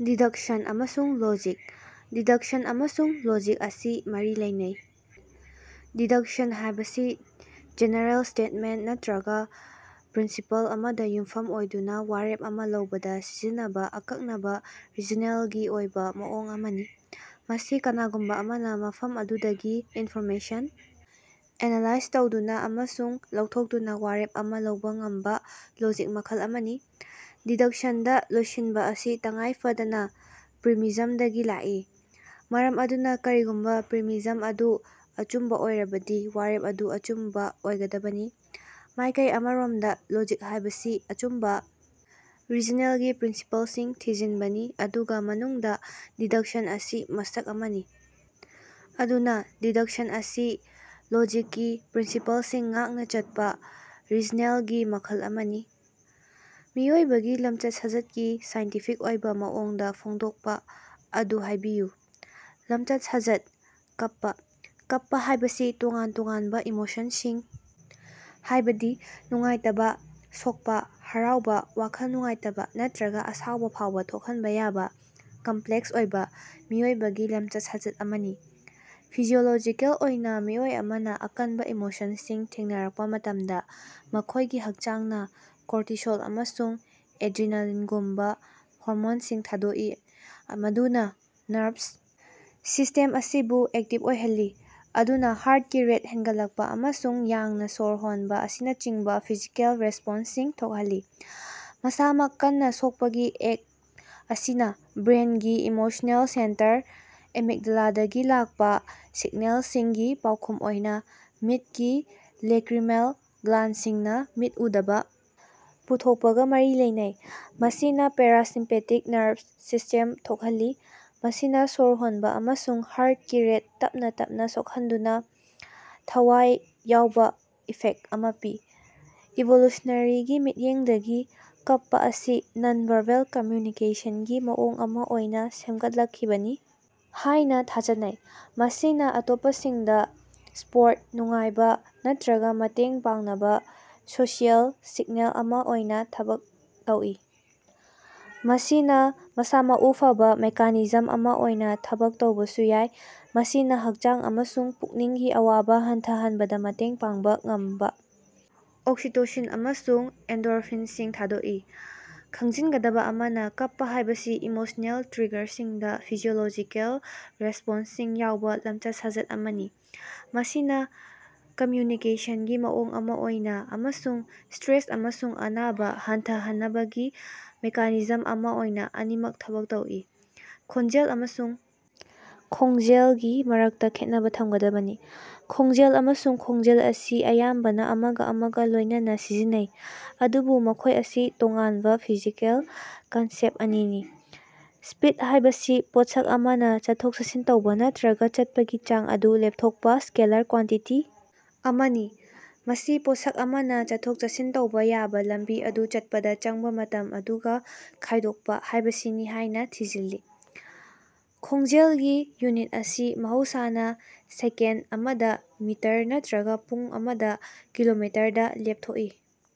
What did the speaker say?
Deduction ꯑꯃꯁꯨꯡ logic. Deduction ꯑꯃꯁꯨꯡ logic ꯑꯁꯤ ꯃꯔꯤ ꯂꯩꯅꯩ꯫ ꯗꯤꯗꯛꯁꯟ ꯍꯥꯏꯕꯁꯤ ꯖꯦꯅꯦꯔꯦꯜ ꯁ꯭ꯇꯦꯠꯃꯦꯟꯇ ꯅꯠꯇ꯭ꯔꯒ ꯄ꯭ꯔꯤꯟꯁꯤꯄꯜ ꯑꯃꯗ ꯌꯨꯝꯐꯝ ꯑꯣꯏꯗꯨꯅ ꯋꯥꯔꯦꯞ ꯑꯃ ꯂꯧꯕꯗ ꯁꯤꯖꯤꯟꯅꯕ ꯑꯀꯛꯅꯕ ꯔꯤꯖꯅꯦꯜꯒꯤ ꯑꯣꯏꯕ ꯃꯑꯣꯡ ꯑꯃꯅꯤ꯫ ꯃꯁꯤ ꯀꯅꯥꯒꯨꯝꯕ ꯑꯃꯅ ꯃꯐꯝ ꯑꯗꯨꯗꯒꯤ ꯏꯟꯐꯣꯔꯃꯦꯁꯟ ꯑꯦꯅꯂꯥꯏꯖ ꯇꯧꯗꯨꯅ ꯑꯃꯁꯨꯡ ꯂꯧꯊꯣꯛꯇꯨꯅ ꯋꯥꯔꯦꯞ ꯑꯃ ꯂꯧꯕ ꯉꯝꯕ ꯂꯣꯖꯤꯛ ꯃꯈꯜ ꯑꯃꯅꯤ꯫ ꯗꯤꯗꯛꯁꯟꯗ ꯂꯣꯏꯁꯤꯟꯕ ꯑꯁꯤ ꯇꯉꯥꯏꯐꯗꯅ ꯄ꯭ꯔꯤꯃꯤꯖꯝꯗꯒꯤ ꯂꯥꯛꯏ, ꯃꯔꯝ ꯑꯗꯨꯅ ꯀꯔꯤꯒꯨꯝꯕ ꯄ꯭ꯔꯤꯃꯤꯖꯝ ꯑꯗꯨ ꯑꯆꯨꯝꯕ ꯑꯣꯏꯔꯕꯗꯤ ꯋꯥꯔꯦꯞ ꯑꯗꯨ ꯑꯆꯨꯝꯕ ꯑꯣꯏꯒꯗꯕꯅꯤ꯫ ꯃꯥꯏꯀꯩ ꯑꯃꯔꯣꯝꯗ ꯂꯣꯖꯤꯛ ꯍꯥꯏꯕꯁꯤ ꯑꯆꯨꯝꯕ ꯔꯤꯖꯅꯦꯜꯒꯤ ꯄ꯭ꯔꯤꯟꯁꯤꯄꯜꯁꯤꯡ ꯊꯤꯖꯤꯟꯕꯅꯤ, ꯃꯗꯨꯒꯤ ꯃꯅꯨꯡꯗ ꯗꯤꯗꯛꯁꯟ ꯑꯁꯤ ꯃꯁꯛ ꯑꯃꯅꯤ꯫ ꯑꯗꯨꯅ, ꯗꯤꯗꯛꯁꯟ ꯑꯁꯤ ꯂꯣꯖꯤꯛꯀꯤ ꯄ꯭ꯔꯤꯟꯁꯤꯄꯜꯁꯤꯡ ꯉꯥꯛꯅ ꯆꯠꯄ ꯔꯤꯖꯅꯦꯜꯒꯤ ꯃꯈꯜ ꯑꯃꯅꯤ꯫ ꯃꯤꯑꯣꯏꯕꯒꯤ ꯂꯝꯆꯠ-ꯁꯥꯖꯠꯀꯤ ꯁꯥꯏꯟꯇꯤꯐꯤꯛ ꯑꯣꯏꯕ ꯃꯑꯣꯡꯗ ꯐꯣꯡꯗꯣꯛꯄ ꯑꯗꯨ ꯍꯥꯏꯕꯤꯌꯨ꯫ ꯂꯝꯆꯠ-ꯁꯥꯖꯠ: ꯀꯞꯄ꯫ ꯀꯞꯄ ꯍꯥꯏꯕꯁꯤ ꯇꯣꯉꯥꯟ-ꯇꯣꯉꯥꯟꯕ ꯏꯃꯣꯁꯟꯁꯤꯡ ꯍꯥꯏꯕꯗꯤ ꯅꯨꯡꯉꯥꯏꯇꯕ, ꯁꯣꯛꯄ, ꯍꯔꯥꯎꯕ, ꯋꯥꯈꯜ ꯅꯨꯡꯉꯥꯏꯇꯕ ꯅꯠꯇ꯭ꯔꯒ ꯑꯁꯥꯎꯕ ꯐꯥꯎꯕ ꯊꯣꯛꯍꯟꯕ ꯌꯥꯕ ꯀꯝꯄ꯭ꯂꯦꯛꯁ ꯑꯣꯏꯕ ꯃꯤꯑꯣꯏꯕꯒꯤ ꯂꯝꯆꯠ-ꯁꯥꯖꯠ ꯑꯃꯅꯤ꯫ ꯐꯤꯖꯤꯑꯣꯂꯣꯖꯤꯀꯦꯜ ꯑꯣꯏꯅ, ꯃꯤꯑꯣꯏ ꯑꯃꯅ ꯑꯀꯟꯕ ꯏꯃꯣꯁꯟꯁꯤꯡ ꯊꯦꯡꯅꯔꯛꯄ ꯃꯇꯝꯗ, ꯃꯈꯣꯏꯒꯤ ꯍꯛꯆꯥꯡꯅ ꯀꯣꯔꯇꯤꯁꯣꯜ ꯑꯃꯁꯨꯡ ꯑꯦꯗ꯭ꯔꯤꯅꯥꯂꯤꯟꯒꯨꯝꯕ ꯍꯣꯔꯃꯣꯟꯁꯤꯡ ꯊꯥꯗꯣꯛꯏ, ꯃꯗꯨꯅ ꯅꯚꯁ ꯁꯤꯁꯇꯦꯝ ꯑꯁꯤꯕꯨ ꯑꯦꯛꯇꯤꯚ ꯑꯣꯏꯍꯜꯂꯤ, ꯃꯗꯨꯅꯥꯍꯥꯔꯇꯀꯤ ꯔꯦꯠ ꯍꯦꯟꯒꯠꯂꯛꯄ ꯑꯃꯁꯨꯡ ꯌꯥꯡꯅ ꯁꯣꯔ ꯍꯣꯟꯕ ꯑꯁꯤꯅꯆꯤꯡꯕ ꯐꯤꯖꯤꯀꯦꯜ ꯔꯦꯁꯄꯣꯟꯁꯁꯤꯡ ꯊꯣꯛꯍꯜꯂꯤ꯫ ꯃꯁꯥꯃꯛ ꯀꯟꯅ ꯁꯣꯛꯄꯒꯤ ꯑꯦꯛꯇ ꯑꯁꯤꯅ ꯕ꯭ꯔꯦꯟꯒꯤ ꯏꯃꯣꯁꯅꯦꯜ ꯁꯦꯟꯇꯔ, ꯑꯦꯃꯤꯒꯗꯥꯂꯥꯗꯒꯤ ꯂꯥꯛꯄ ꯁꯤꯒꯅꯦꯜꯁꯤꯡꯒꯤ ꯄꯥꯎꯈꯨꯝ ꯑꯣꯏꯅ ꯃꯤꯠꯀꯤ ꯂꯦꯀ꯭ꯔꯤꯃꯦꯜ ꯒ꯭ꯂꯥꯟꯗꯁꯤꯡꯅ ꯃꯤꯠ ꯎꯗꯕ ꯄꯨꯊꯣꯛꯄꯒ ꯃꯔꯤ ꯂꯩꯅꯩ, ꯃꯁꯤꯅ ꯄꯦꯔꯥꯁꯤꯝꯄꯦꯇꯤꯛ ꯅꯔꯚꯁ ꯁꯤꯁ꯭ꯇꯦꯝ ꯊꯣꯛꯍꯜꯂꯤ, ꯃꯁꯤꯅ ꯁꯣꯔ ꯍꯣꯟꯕ ꯑꯃꯁꯨꯡ ꯍꯥꯔꯇꯀꯤ ꯔꯦꯠ ꯇꯞꯅ - ꯇꯞꯅ ꯁꯣꯛꯍꯟꯗꯨꯅ ꯊꯋꯥꯏ ꯌꯥꯎꯕ ꯏꯐꯦꯛꯇ ꯑꯃ ꯄꯤ꯫ ꯏꯚꯣꯂꯨꯁꯅꯦꯔꯤꯒꯤ ꯃꯤꯠꯌꯦꯡꯗꯒꯤ, ꯀꯞꯄ ꯑꯁꯤ ꯅꯟ-ꯚꯥꯔꯕꯦꯜ ꯀꯝꯃ꯭ꯌꯨꯅꯤꯀꯦꯁꯟꯒꯤ ꯃꯑꯣꯡ ꯑꯃ ꯑꯣꯏꯅ ꯁꯦꯝꯒꯠꯂꯛꯈꯤꯕꯅꯤ ꯍꯥꯏꯅ ꯊꯥꯖꯅꯩ, ꯃꯁꯤꯅ ꯑꯇꯣꯞꯄꯁꯤꯡꯗ ꯁꯄꯣꯔꯠ, ꯅꯨꯡꯉꯥꯏꯕ ꯅꯠꯇ꯭ꯔꯒ ꯃꯇꯦꯡ ꯄꯥꯡꯅꯕꯥ ꯁꯣꯁꯤꯑꯦꯜ ꯁꯤꯒꯅꯦꯜ ꯑꯃ ꯑꯣꯏꯅ ꯊꯕꯛ ꯇꯧꯏ꯫ ꯃꯁꯤꯅ ꯃꯁꯥ-ꯃꯎ ꯐꯕ ꯃꯦꯀꯥꯅꯤꯖꯝ ꯑꯃ ꯑꯣꯏꯅ ꯊꯕꯛ ꯇꯧꯕꯁꯨ ꯌꯥꯏ, ꯃꯁꯤꯅ ꯍꯛꯆꯥꯡ ꯑꯃꯁꯨꯡ ꯄꯨꯛꯅꯤꯡꯒꯤ ꯑꯋꯥꯕ ꯍꯟꯊꯍꯟꯕꯗ ꯃꯇꯦꯡ ꯄꯥꯡꯕ ꯉꯝꯕ ꯑꯣꯛꯁꯤꯇꯣꯁꯤꯟ ꯑꯃꯁꯨꯡ ꯑꯦꯟꯗꯣꯔꯐꯤꯟꯁꯤꯡ ꯊꯥꯗꯣꯛꯏ꯫ ꯈꯪꯖꯤꯟꯒꯗꯕ ꯑꯃꯅ, ꯀꯞꯄ ꯍꯥꯏꯕꯁꯤ ꯏꯃꯣꯁꯅꯦꯜ ꯇ꯭ꯔꯤꯒꯔꯁꯤꯡꯗ ꯐꯤꯖꯤꯑꯣꯂꯣꯖꯤꯀꯦꯜ ꯔꯦꯁꯄꯣꯟꯁꯁꯤꯡ ꯌꯥꯎꯕ ꯂꯝꯆꯠ-ꯁꯥꯖꯠ ꯑꯃꯅꯤ, ꯃꯁꯤꯅ ꯀꯝꯃ꯭ꯌꯨꯅꯤꯀꯦꯁꯟꯒꯤ ꯃꯑꯣꯡ ꯑꯃ ꯑꯣꯏꯅ ꯑꯃꯁꯨꯡ ꯁꯇ꯭ꯔꯦꯁ ꯑꯃꯁꯨꯡ ꯑꯅꯥꯕ ꯍꯟꯊꯍꯟꯅꯕꯒꯤ ꯃꯦꯀꯥꯅꯤꯖꯝ ꯑꯃ ꯑꯣꯏꯅ ꯑꯅꯤꯃꯛ ꯊꯕꯛ ꯇꯧꯏ꯫ ꯈꯣꯡꯖꯦꯜ ꯑꯃꯁꯨꯡ ꯈꯣꯡꯖꯦꯜꯒꯤ ꯃꯔꯛꯇ ꯈꯦꯠꯅꯕ ꯊꯝꯒꯗꯕꯅꯤ꯫ ꯈꯣꯡꯖꯦꯜ ꯑꯃꯁꯨꯡ ꯈꯣꯡꯖꯦꯜ ꯑꯁꯤ ꯑꯌꯥꯝꯕꯅ ꯑꯃꯒꯥ ꯑꯃꯒꯥ ꯂꯣꯏꯅꯅ ꯁꯤꯖꯤꯟꯅꯩ, ꯑꯗꯨꯕꯨ ꯃꯈꯣꯏ ꯑꯁꯤ ꯇꯣꯉꯥꯟꯕ ꯐꯤꯖꯤꯀꯦꯜ ꯀꯟꯁꯦꯞꯇ ꯑꯅꯤꯅꯤ꯫ ꯁ꯭ꯄꯤꯗ ꯍꯥꯏꯕꯁꯤ ꯄꯣꯠꯁꯛ ꯑꯃꯅ ꯆꯠꯊꯣꯛ-ꯆꯠꯁꯤꯟ ꯇꯧꯕ ꯅꯠꯇ꯭ꯔꯒ ꯆꯠꯄꯒꯤ ꯆꯥꯡ ꯑꯗꯨ ꯂꯦꯞꯊꯣꯛꯄ ꯁ꯭ꯀꯦꯂꯔ ꯀ꯭ꯋꯥꯟꯇꯤꯇꯤ ꯑꯃꯅꯤ꯫ ꯃꯁꯤ ꯄꯣꯠꯁꯛ ꯑꯃꯅ ꯆꯠꯊꯣꯛ-ꯆꯠꯁꯤꯟ ꯇꯧꯕ ꯌꯥꯕ ꯂꯝꯕꯤ ꯑꯗꯨ ꯆꯠꯄꯗ ꯆꯪꯕ ꯃꯇꯝ ꯑꯗꯨꯒ ꯈꯥꯏꯗꯣꯛꯄ ꯍꯥꯏꯕꯁꯤꯅꯤ ꯍꯥꯏꯅ ꯊꯤꯖꯤꯜꯂꯤ꯫ ꯈꯣꯡꯖꯦꯜꯒꯤ ꯌꯨꯅꯤꯠ ꯑꯁꯤ ꯃꯍꯧꯁꯥꯅ ꯁꯦꯀꯦꯟꯗ ꯑꯃꯗ ꯃꯤꯇꯔ ꯅꯠꯇ꯭ꯔꯒ ꯄꯨꯡ ꯑꯃꯗꯥ ꯀꯤꯂꯣꯃꯤꯇꯔ ꯗ ꯂꯦꯞꯊꯣꯛꯏ꯫